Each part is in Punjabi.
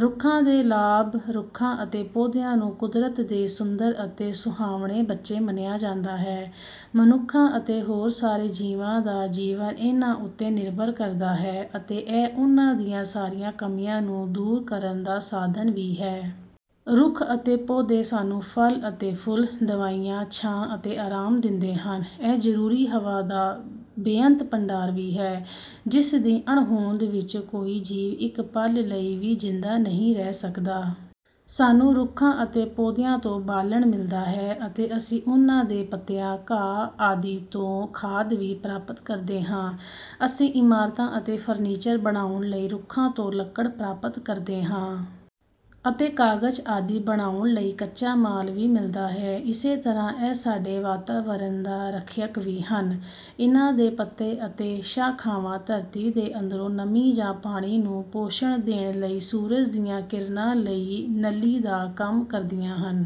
ਰੁੱਖਾਂ ਦੇ ਲਾਭ ਰੁੱਖਾਂ ਅਤੇ ਪੌਦਿਆਂ ਨੂੰ ਕੁਦਰਤ ਦੇ ਸੁੰਦਰ ਅਤੇ ਸੁਹਾਵਣੇ ਬੱਚੇ ਮੰਨਿਆ ਜਾਂਦਾ ਹੈ। ਮਨੁੱਖਾਂ ਅਤੇ ਹੋਰ ਸਾਰੇ ਜੀਵਾਂ ਦਾ ਜੀਵਨ ਇਹਨਾਂ ਉੱਤੇ ਨਿਰਭਰ ਕਰਦਾ ਹੈ। ਅਤੇ ਇਹ ਉਹਨਾਂ ਦੀਆਂ ਸਾਰੀਆਂ ਕਮੀਆਂ ਨੂੰ ਦੂਰ ਕਰਨ ਦਾ ਸਾਧਨ ਵੀ ਹੈ। ਰੁੱਖ ਅਤੇ ਪੌਦੇ ਸਾਨੂੰ ਫਲ ਅਤੇ ਫੁੱਲ, ਦਵਾਈਆਂ, ਛਾਂ ਅਤੇ ਆਰਾਮ ਦਿੰਦੇ ਹਨ। ਇਹ ਜ਼ਰੂਰੀ ਹਵਾ ਦਾ ਬੇਅੰਤ ਭੰਡਾਰ ਵੀ ਹੈ। ਜਿਸ ਦੀ ਅਣਹੋਂਦ ਵਿੱਚ ਕੋਈ ਜੀਵ ਇੱਕ ਪਲ ਲਈ ਵੀ ਜ਼ਿੰਦਾ ਨਹੀਂ ਰਹਿ ਸਕਦਾ। ਸਾਨੂੰ ਰੁੱਖਾਂ ਅਤੇ ਪੌਦਿਆਂ ਤੋਂ ਬਾਲਣ ਮਿਲਦਾ ਹੈ। ਅਤੇ ਅਸੀਂ ਉਹਨਾਂ ਦੇ ਪੱਤਿਆਂ, ਘਾ ਆਦਿ ਤੋਂ ਖਾਦ ਵੀ ਪ੍ਰਾਪਤ ਕਰਦੇ ਹਾਂ। ਅਸੀਂ ਇਮਾਰਤਾਂ ਅਤੇ ਫਰਨੀਚਰ ਬਣਾਉਣ ਲਈ ਰੁੱਖਾਂ ਤੋਂ ਲੱਕੜ ਪ੍ਰਾਪਤ ਕਰਦੇ ਹਾਂ। ਅਤੇ ਕਾਗਜ਼ ਆਦਿ ਬਣਾਉਣ ਲਈ ਕੱਚਾ ਮਾਲ ਵੀ ਮਿਲਦਾ ਹੈ। ਇਸੇ ਤਰ੍ਹਾਂ ਇਹ ਸਾਡੇ ਵਾਤਾਵਰਨ ਦਾ ਰੱਖਿਅਕ ਵੀ ਹਨ. ਇਨ੍ਹਾਂ ਦੇ ਪੱਤੇ ਅਤੇ ਸ਼ਾਖਾਵਾਂ ਧਰਤੀ ਦੇ ਅੰਦਰੋਂ ਨਮੀ ਜਾਂ ਪਾਣੀ ਨੂੰ ਪੋਸ਼ਣ ਦੇਣ ਲਈ ਸੂਰਜ ਦੀਆਂ ਕਿਰਨਾਂ ਲਈ ਨਲੀ ਦਾ ਕੰਮ ਕਰਦੀਆਂ ਹਨ।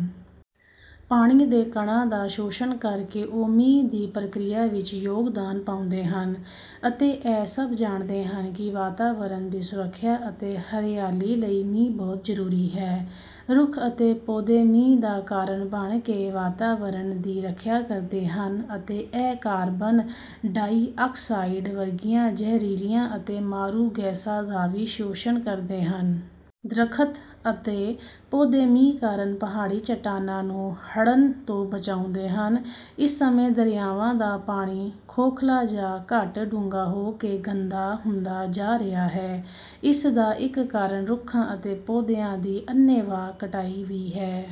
ਪਾਣੀ ਦੇ ਕਣਾਂ ਦਾ ਸ਼ੋਸ਼ਣ ਕਰਕੇ, ਉਹ ਮੀਂਹ ਦੀ ਪ੍ਰਕਿਰਿਆ ਵਿੱਚ ਯੋਗਦਾਨ ਪਾਉਂਦੇ ਹਨ। ਅਤੇ ਇਹ ਸਭ ਜਾਣਦੇ ਹਨ ਕਿ ਵਾਤਾਵਰਨ ਦੀ ਸੁਰੱਖਿਆ ਅਤੇ ਹਰਿਆਲੀ ਲਈ ਮੀਂਹ ਬਹੁਤ ਜ਼ਰੂਰੀ ਹੈ। ਰੁੱਖ ਅਤੇ ਪੌਦੇ ਮੀਂਹ ਦਾ ਕਾਰਨ ਬਣ ਕੇ ਵਾਤਾਵਰਣ ਦੀ ਰੱਖਿਆ ਕਰਦੇ ਹਨ ਅਤੇ ਇਹ ਕਾਰਬਨ ਡਾਈਆਕਸਾਈਡ ਵਰਗੀਆਂ ਜ਼ਹਿਰੀਲੀਆਂ ਅਤੇ ਮਾਰੂ ਗੈਸਾਂ ਦਾ ਵੀ ਸ਼ੋਸ਼ਣ ਕਰਦੇ ਹਨ। ਦਰੱਖਤ ਅਤੇ ਪੌਦੇ ਮੀਂਹ ਕਾਰਨ ਪਹਾੜੀ ਚਟਾਨਾਂ ਨੂੰ ਹੜਨ ਤੋਂ ਬਚਾਉਂਦੇ ਹਨ। ਇਸ ਸਮੇਂ ਦਰਿਆਵਾਂ ਦਾ ਪਾਣੀ ਖੋਖਲਾ ਜਾਂ ਘੱਟ ਡੂੰਘਾ ਹੋ ਕੇ ਗੰਦਾ ਹੁੰਦਾ ਜਾ ਰਿਹਾ ਹੈ, ਇਸ ਦਾ ਇੱਕ ਕਾਰਨ ਰੁੱਖਾਂ ਅਤੇ ਪੌਦਿਆਂ ਦੀ ਅੰਨ੍ਹੇਵਾਹ ਕਟਾਈ ਵੀ ਹੈ।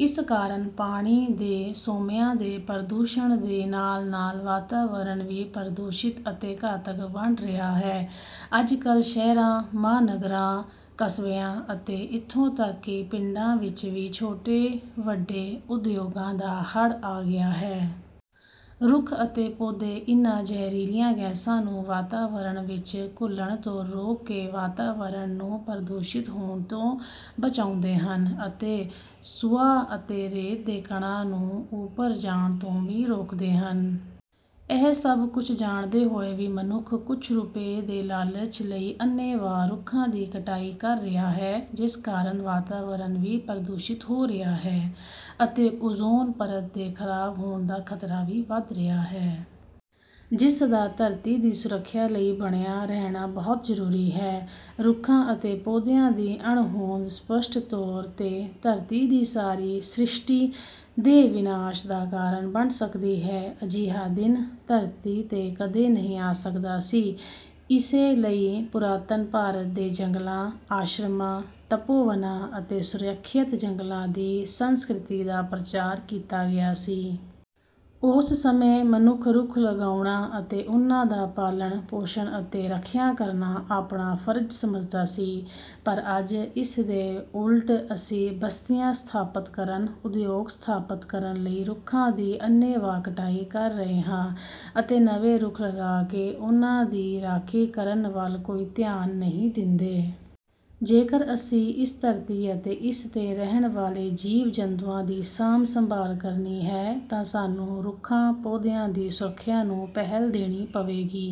ਇਸ ਕਾਰਨ ਪਾਣੀ ਦੇ ਸੋਮਿਆਂ ਦੇ ਪ੍ਰਦੂਸ਼ਣ ਦੇ ਨਾਲ-ਨਾਲ ਵਾਤਾਵਰਣ ਵੀ ਪ੍ਰਦੂਸ਼ਿਤ ਅਤੇ ਘਾਤਕ ਬਣ ਰਿਹਾ ਹੈ। ਅੱਜ ਕੱਲ੍ਹ ਸ਼ਹਿਰਾਂ, ਮਹਾਨਗਰਾਂ, ਕਸਬਿਆਂ ਅਤੇ ਇੱਥੋਂ ਤੱਕ ਕਿ ਪਿੰਡਾਂ ਵਿੱਚ ਵੀ ਛੋਟੇ-ਵੱਡੇ ਉਦਯੋਗਾਂ ਦਾ ਹੜ੍ਹ ਆ ਗਿਆ ਹੈ। ਰੁੱਖ ਅਤੇ ਪੌਦੇ ਇਨ੍ਹਾਂ ਜ਼ਹਿਰੀਲੀਆਂ ਗੈਸਾਂ ਨੂੰ ਵਾਤਾਵਰਣ ਵਿੱਚ ਘੁਲਣ ਤੋਂ ਰੋਕ ਕੇ ਵਾਤਾਵਰਣ ਨੂੰ ਪ੍ਰਦੂਸ਼ਿਤ ਹੋਣ ਤੋਂ ਬਚਾਉਂਦੇ ਹਨ ਅਤੇ ਸੁਆਹ ਅਤੇ ਰੇਤ ਦੇ ਕਣਾਂ ਨੂੰ ਉੱਪਰ ਜਾਣ ਤੋਂ ਵੀ ਰੋਕਦੇ ਹਨ। ਇਹ ਸਭ ਕੁਝ ਜਾਣਦੇ ਹੋਏ ਵੀ ਮਨੁੱਖ ਕੁਝ ਰੁਪਏ ਦੇ ਲਾਲਚ ਲਈ ਅੰਨ੍ਹੇਵਾਹ ਰੁੱਖਾਂ ਦੀ ਕਟਾਈ ਕਰ ਰਿਹਾ ਹੈ। ਜਿਸ ਕਾਰਨ ਵਾਤਾਵਰਨ ਵੀ ਪ੍ਰਦੂਸ਼ਿਤ ਹੋ ਰਿਹਾ ਹੈ ਅਤੇ ਓਜ਼ੋਨ ਪਰਤ ਦੇ ਖ਼ਰਾਬ ਹੋਣ ਦਾ ਖ਼ਤਰਾ ਵੀ ਵੱਧ ਰਿਹਾ ਹੈ। ਜਿਸ ਦਾ ਧਰਤੀ ਦੀ ਸੁਰੱਖਿਆ ਲਈ ਬਣਿਆ ਰਹਿਣਾ ਬਹੁਤ ਜ਼ਰੂਰੀ ਹੈ। ਰੁੱਖਾਂ ਅਤੇ ਪੌਦਿਆਂ ਦੀ ਅਣਹੋਂਦ ਸਪੱਸ਼ਟ ਤੌਰ 'ਤੇ ਧਰਤੀ ਦੀ ਸਾਰੀ ਸ੍ਰਿਸ਼ਟੀ ਦੇ ਵਿਨਾਸ਼ ਦਾ ਕਾਰਨ ਬਣ ਸਕਦੀ ਹੈ। ਅਜਿਹਾ ਦਿਨ ਧਰਤੀ 'ਤੇ ਕਦੇ ਨਹੀਂ ਆ ਸਕਦਾ ਸੀ, ਇਸੇ ਲਈ ਪੁਰਾਤਨ ਭਾਰਤ ਦੇ ਜੰਗਲਾਂ, ਆਸ਼ਰਮਾਂ, ਤਪੋਵਨਾਂ ਅਤੇ ਸੁਰੱਖਿਅਤ ਜੰਗਲਾਂ ਦੀ ਸੰਸਕ੍ਰਿਤੀ ਦਾ ਪ੍ਰਚਾਰ ਕੀਤਾ ਗਿਆ ਸੀ। ਉਸ ਸਮੇਂ ਮਨੁੱਖ ਰੁੱਖ ਲਗਾਉਣਾ ਅਤੇ ਉਨ੍ਹਾਂ ਦਾ ਪਾਲਣ ਪੋਸ਼ਣ ਅਤੇ ਰੱਖਿਆ ਕਰਨਾ ਆਪਣਾ ਫਰਜ਼ ਸਮਝਦਾ ਸੀ। ਪਰ ਅੱਜ ਇਸ ਦੇ ਉਲਟ ਅਸੀਂ ਬਸਤੀਆਂ ਸਥਾਪਤ ਕਰਨ, ਉਦਯੋਗ ਸਥਾਪਤ ਕਰਨ ਲਈ ਰੁੱਖਾਂ ਦੀ ਅੰਨ੍ਹੇਵਾਹ ਕਟਾਈ ਕਰ ਰਹੇ ਹਾਂ ਅਤੇ ਨਵੇਂ ਰੁੱਖ ਲਗਾ ਕੇ ਉਨ੍ਹਾਂ ਦੀ ਰਾਖੀ ਕਰਨ ਵੱਲ ਕੋਈ ਧਿਆਨ ਨਹੀਂ ਦਿੰਦੇ। ਜੇਕਰ ਅਸੀਂ ਇਸ ਧਰਤੀ ਅਤੇ ਇਸ 'ਤੇ ਰਹਿਣ ਵਾਲੇ ਜੀਵ-ਜੰਤੂਆਂ ਦੀ ਸਾਂਭ-ਸੰਭਾਲ ਕਰਨੀ ਹੈ ਤਾਂ ਸਾਨੂੰ ਰੁੱਖਾਂ-ਪੌਦਿਆਂ ਦੀ ਸੁਰੱਖਿਆ ਨੂੰ ਪਹਿਲ ਦੇਣੀ ਪਵੇਗੀ।